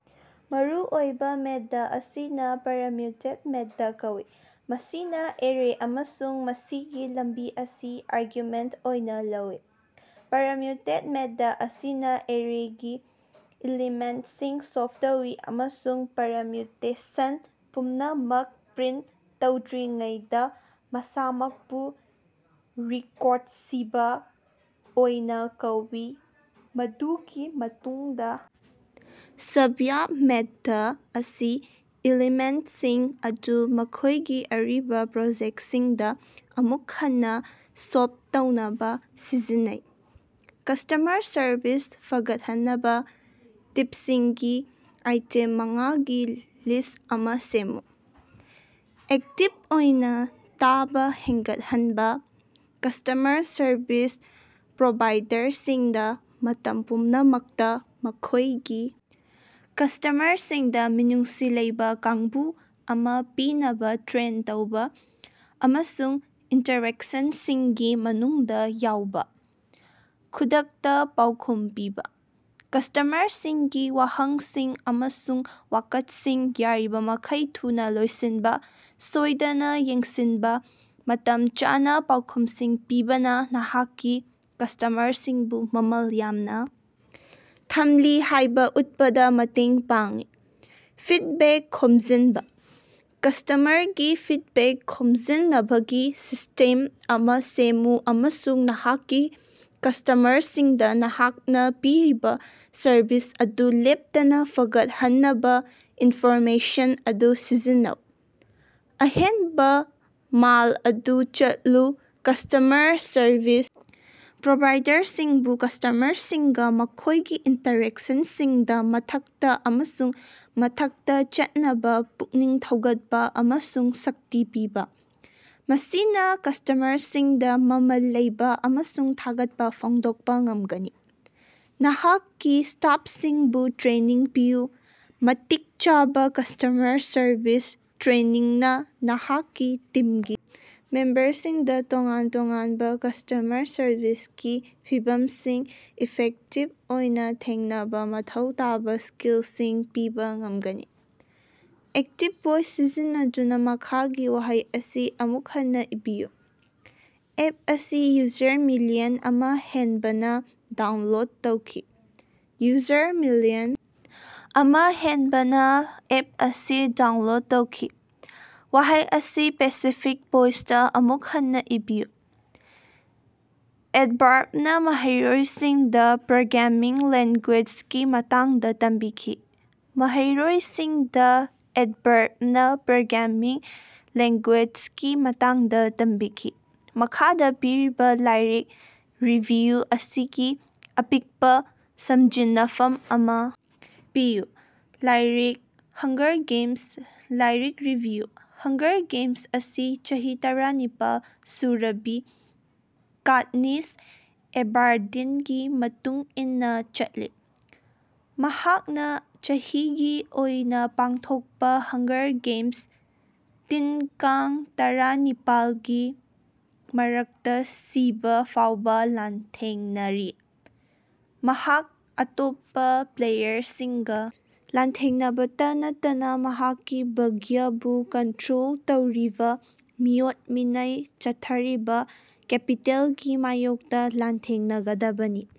ꯃꯔꯨꯑꯣꯏꯕ ꯃꯦꯊꯗ ꯑꯁꯤꯅ permutate method ꯀꯧꯏ, ꯃꯁꯤꯅ ꯑꯦꯔꯦ ꯑꯃꯁꯨꯡ ꯃꯁꯤꯒꯤ ꯂꯝꯕꯤ ꯑꯁꯤ ꯑꯥꯔꯒꯨꯃꯦꯟꯇ ꯑꯣꯏꯅ ꯂꯧꯏ꯫ ꯄꯔꯃ꯭ꯌꯨꯇꯦꯠ ꯃꯦꯊꯗ ꯑꯁꯤꯅ ꯑꯦꯔꯦꯒꯤ ꯑꯦꯂꯤꯃꯦꯟꯇꯁꯤꯡ ꯁꯣꯞ ꯇꯧꯏ ꯑꯃꯁꯨꯡ ꯄꯔꯃ꯭ꯌꯨꯇꯦꯁꯟ ꯄꯨꯝꯅꯃꯛ ꯄ꯭ꯔꯤꯟꯇ ꯇꯧꯗ꯭ꯔꯤꯉꯩꯗ ꯃꯁꯥꯃꯛꯄꯨ ꯔꯤꯀꯣꯔꯁꯤꯕ ꯑꯣꯏꯅ ꯀꯧꯏ꯫ ꯃꯗꯨꯒꯤ ꯃꯇꯨꯡꯗ ꯁ꯭ꯕ꯭ꯌꯥꯞ ꯃꯦꯊꯗ ꯑꯁꯤ ꯑꯦꯂꯤꯃꯦꯟꯇꯁꯤꯡ ꯑꯗꯨ ꯃꯈꯣꯏꯒꯤ ꯑꯔꯤꯕ ꯄꯣꯖꯤꯁꯟꯁꯤꯡꯗ ꯑꯃꯨꯛ ꯍꯟꯅꯥ ꯁꯣꯞ ꯇꯧꯅꯕꯥ ꯁꯤꯖꯤꯟꯅꯩ꯫ ꯀꯁ꯭ꯇꯃꯔ ꯁꯔꯚꯤꯁ ꯐꯒꯠꯍꯟꯅꯕ ꯇꯤꯞꯁꯤꯡꯒꯤ ꯑꯥꯏꯇꯦꯝ ꯃꯉꯥꯒꯤ ꯂꯤꯁ꯭ꯠ ꯑꯃ ꯁꯦꯝꯃꯨ꯫ ꯑꯦꯛꯇꯤꯕ ꯑꯣꯏꯅ ꯇꯥꯕ ꯍꯦꯟꯒꯠꯍꯟꯕ - ꯀꯁ꯭ꯇꯃꯔ ꯁꯔꯚꯤꯁ ꯄ꯭ꯔꯣꯚꯥꯏꯗꯔꯁꯤꯡꯗ ꯃꯇꯝ ꯄꯨꯝꯅꯃꯛꯇ ꯃꯈꯣꯏꯒꯤ ꯀꯁ꯭ꯇꯃꯔꯁꯤꯡꯗ ꯃꯤꯅꯨꯡꯁꯤ ꯂꯩꯕ ꯀꯥꯡꯕꯨ ꯑꯃ ꯄꯤꯅꯕꯥ ꯇ꯭ꯔꯦꯟ ꯇꯧꯕ, ꯑꯃꯁꯨꯡ ꯏꯟꯇꯔꯦꯛꯁꯟꯁꯤꯡꯒꯤ ꯃꯅꯨꯡꯗ ꯌꯥꯎꯕ꯫ ꯈꯨꯗꯛꯇ ꯄꯥꯎꯈꯨꯝ ꯄꯤꯕꯥ - ꯀꯁ꯭ꯇꯃꯔꯁꯤꯡꯒꯤ ꯋꯥꯍꯪꯁꯤꯡ ꯑꯃꯁꯨꯡ ꯋꯥꯀꯠꯁꯤꯡ ꯌꯥꯔꯤꯕꯃꯈꯩ ꯊꯨꯅ ꯂꯣꯏꯁꯤꯟꯕ ꯁꯣꯏꯗꯅ ꯌꯦꯡꯁꯤꯟꯕ꯫ ꯃꯇꯝ ꯆꯥꯅ ꯄꯥꯎꯈꯨꯝꯁꯤꯡ ꯄꯤꯕꯅ ꯅꯍꯥꯛꯀꯤ ꯀꯁ꯭ꯇꯃꯔꯁꯤꯡꯕꯨ ꯃꯃꯜ ꯌꯥꯝꯅ ꯊꯝꯂꯤ ꯍꯥꯏꯕ ꯎꯠꯄꯗ ꯃꯇꯦꯡ ꯄꯥꯡꯏ꯫ ꯐꯤꯗꯕꯦꯛ ꯈꯣꯝꯖꯤꯟꯕ - ꯀꯁ꯭ꯇꯃꯔꯒꯤ ꯐꯤꯗꯕꯦꯛ ꯈꯣꯝꯖꯤꯟꯅꯕꯒꯤ ꯁꯤꯁꯇꯦꯝ ꯑꯃ ꯁꯦꯝꯃꯨ ꯑꯃꯁꯨꯡ ꯅꯍꯥꯛꯀꯤ ꯀꯁ꯭ꯇꯃꯔꯁꯤꯡꯗ ꯅꯍꯥꯛꯅ ꯄꯤꯔꯤꯕ ꯁꯔꯚꯤꯁ ꯑꯗꯨ ꯂꯦꯞꯇꯅꯥ ꯐꯒꯠꯍꯟꯅꯕ ꯏꯟꯐꯣꯔꯃꯦꯁꯟ ꯑꯗꯨ ꯁꯤꯖꯤꯟꯅꯧ꯫ ꯑꯍꯦꯟꯕ ꯃꯥꯏꯜ ꯑꯗꯨ ꯆꯠꯂꯨ - ꯀꯁ꯭ꯇꯃꯔ ꯁꯔꯚꯤꯁ ꯄ꯭ꯔꯣꯚꯥꯏꯗꯔꯁꯤꯡꯕꯨ ꯀꯁ꯭ꯇꯃꯔꯁꯤꯡꯒ ꯃꯈꯣꯏꯒꯤ ꯏꯟꯇꯔꯦꯛꯁꯟꯁꯤꯡꯗ ꯃꯊꯛꯇ ꯑꯃꯁꯨꯡ ꯃꯊꯛꯇ ꯆꯠꯅꯕ ꯄꯨꯛꯅꯤꯡ ꯊꯧꯒꯠꯄ ꯑꯃꯁꯨꯡ ꯁꯛꯇꯤ ꯄꯤꯕꯥ, ꯃꯁꯤꯅ ꯀꯁ꯭ꯇꯃꯔꯁꯤꯡꯗ ꯃꯃꯜ ꯂꯩꯕ ꯑꯃꯁꯨꯡ ꯊꯥꯒꯠꯄ ꯐꯣꯡꯗꯣꯛꯄ ꯉꯝꯒꯅꯤ꯫ ꯅꯍꯥꯛꯀꯤ ꯁ꯭ꯇꯥꯐꯁꯤꯡꯕꯨ ꯇ꯭ꯔꯦꯅꯤꯡ ꯄꯤꯌꯨ - ꯃꯇꯤꯛ ꯆꯥꯕ ꯀꯁ꯭ꯇꯃꯔ ꯁꯔꯚꯤꯁ ꯇ꯭ꯔꯦꯅꯤꯡꯅ ꯅꯍꯥꯛꯀꯤ ꯇꯤꯝꯒꯤ ꯃꯦꯝꯕꯔꯁꯤꯡꯗ ꯇꯣꯉꯥꯟ-ꯇꯣꯉꯥꯟꯕ ꯀꯁ꯭ꯇꯃꯔ ꯁꯔꯚꯤꯁꯀꯤ ꯐꯤꯚꯝꯁꯤꯡ ꯏꯐꯦꯛꯇꯤꯕ ꯑꯣꯏꯅ ꯊꯦꯡꯅꯕ ꯃꯊꯧ ꯇꯥꯕ ꯁ꯭ꯀꯤꯜꯁꯤꯡ ꯄꯤꯕ ꯉꯝꯒꯅꯤ꯫ ꯑꯦꯛꯇꯤꯕ ꯚꯣꯏꯁ ꯁꯤꯖꯤꯟꯅꯗꯨꯅ ꯃꯈꯥꯒꯤ ꯋꯥꯍꯩ ꯑꯁꯤ ꯑꯃꯨꯛ ꯍꯟꯅꯥ ꯏꯕꯤꯌꯨ - ꯑꯦꯞ ꯑꯁꯤ ꯌꯨꯖꯔ ꯃꯤꯂꯤꯌꯟ ꯑꯃ ꯍꯦꯟꯕꯅ ꯗꯥꯎꯟꯂꯣꯗ ꯇꯧꯈꯤ꯫ ꯌꯨꯖꯔ ꯃꯤꯂꯤꯌꯟ ꯑꯃ ꯍꯦꯟꯕꯅ ꯑꯦꯞ ꯑꯁꯤ ꯗꯥꯎꯟꯂꯣꯗ ꯇꯧꯈꯤ꯫ ꯋꯥꯍꯩ ꯑꯁꯤ ꯄꯦꯁꯤꯐꯤꯛ ꯚꯣꯏꯁꯇꯥ ꯑꯃꯨꯛ ꯍꯟꯅ ꯏꯕꯤꯌꯨ -ꯑꯦꯗꯕꯥꯔꯗꯅꯥ ꯃꯍꯩꯔꯣꯏꯁꯤꯡꯗ ꯄ꯭ꯔꯣꯒ꯭ꯔꯥꯃꯤꯡ ꯂꯦꯡꯒꯨꯌꯦꯖꯒꯤ ꯃꯇꯥꯡꯗ ꯇꯝꯕꯤꯈꯤ꯫ ꯃꯍꯩꯔꯣꯏꯁꯤꯡꯗ ꯑꯦꯗꯕꯥꯔꯗꯅꯥ ꯄ꯭ꯔꯣꯒ꯭ꯔꯥꯃꯤꯡ ꯂꯦꯡꯒꯨꯌꯦꯖꯒꯤ ꯃꯇꯥꯡꯗ ꯇꯝꯕꯤꯈꯤ꯫ ꯃꯈꯥꯗ ꯄꯤꯔꯤꯕ ꯂꯥꯏꯔꯤꯛ ꯔꯤꯚꯤꯌꯨ ꯑꯁꯤꯒꯤ ꯑꯄꯤꯛꯄ ꯁꯝꯖꯤꯟꯅꯐꯝ ꯑꯃ ꯄꯤꯌꯨ꯫ ꯂꯥꯏꯔꯤꯛ -ꯍꯪꯒꯔ ꯒꯦꯃꯁ ꯂꯥꯏꯔꯤꯛ ꯔꯤꯚꯤꯌꯨ - ꯍꯪꯒꯔ ꯒꯦꯃꯁ ꯑꯁꯤ ꯆꯍꯤ ꯇꯔꯥꯅꯤꯄꯥꯜ ꯁꯨꯔꯕꯤ ꯀꯥꯠꯅꯤꯁ ꯑꯦꯚꯥꯔꯗꯤꯟꯒꯤ ꯃꯇꯨꯡ ꯏꯟꯅꯥ ꯆꯠꯂꯤ, ꯃꯍꯥꯛꯅ ꯆꯍꯤꯒꯤ ꯑꯣꯏꯅ ꯄꯥꯡꯊꯣꯛꯄ ꯍꯪꯒꯔ ꯒꯦꯃꯁ, ꯇꯤꯟ-ꯀꯥꯡ ꯇꯔꯥꯅꯤꯄꯥꯜꯒꯤ ꯃꯔꯛꯇ ꯁꯤꯕꯥ ꯐꯥꯎꯕ ꯂꯥꯟꯊꯦꯡꯅꯔꯤ꯫ ꯃꯍꯥꯛ ꯑꯇꯣꯞꯄ ꯄ꯭ꯂꯦꯌꯔꯁꯤꯡꯒ ꯂꯥꯟꯊꯦꯡꯅꯕꯇꯥ ꯅꯠꯇꯅ ꯃꯍꯥꯛꯀꯤ ꯚꯥꯒ꯭ꯌꯕꯨ ꯀꯟꯇ꯭ꯔꯣꯜ ꯇꯧꯔꯤꯕ ꯃꯤꯑꯣꯠ-ꯃꯤꯅꯩ ꯆꯠꯊꯔꯤꯕ‌ ꯀꯦꯄꯤꯇꯦꯜꯒꯤ ꯃꯥꯌꯣꯛꯇ ꯂꯥꯟꯊꯦꯡꯅꯒꯗꯕꯅꯤ꯫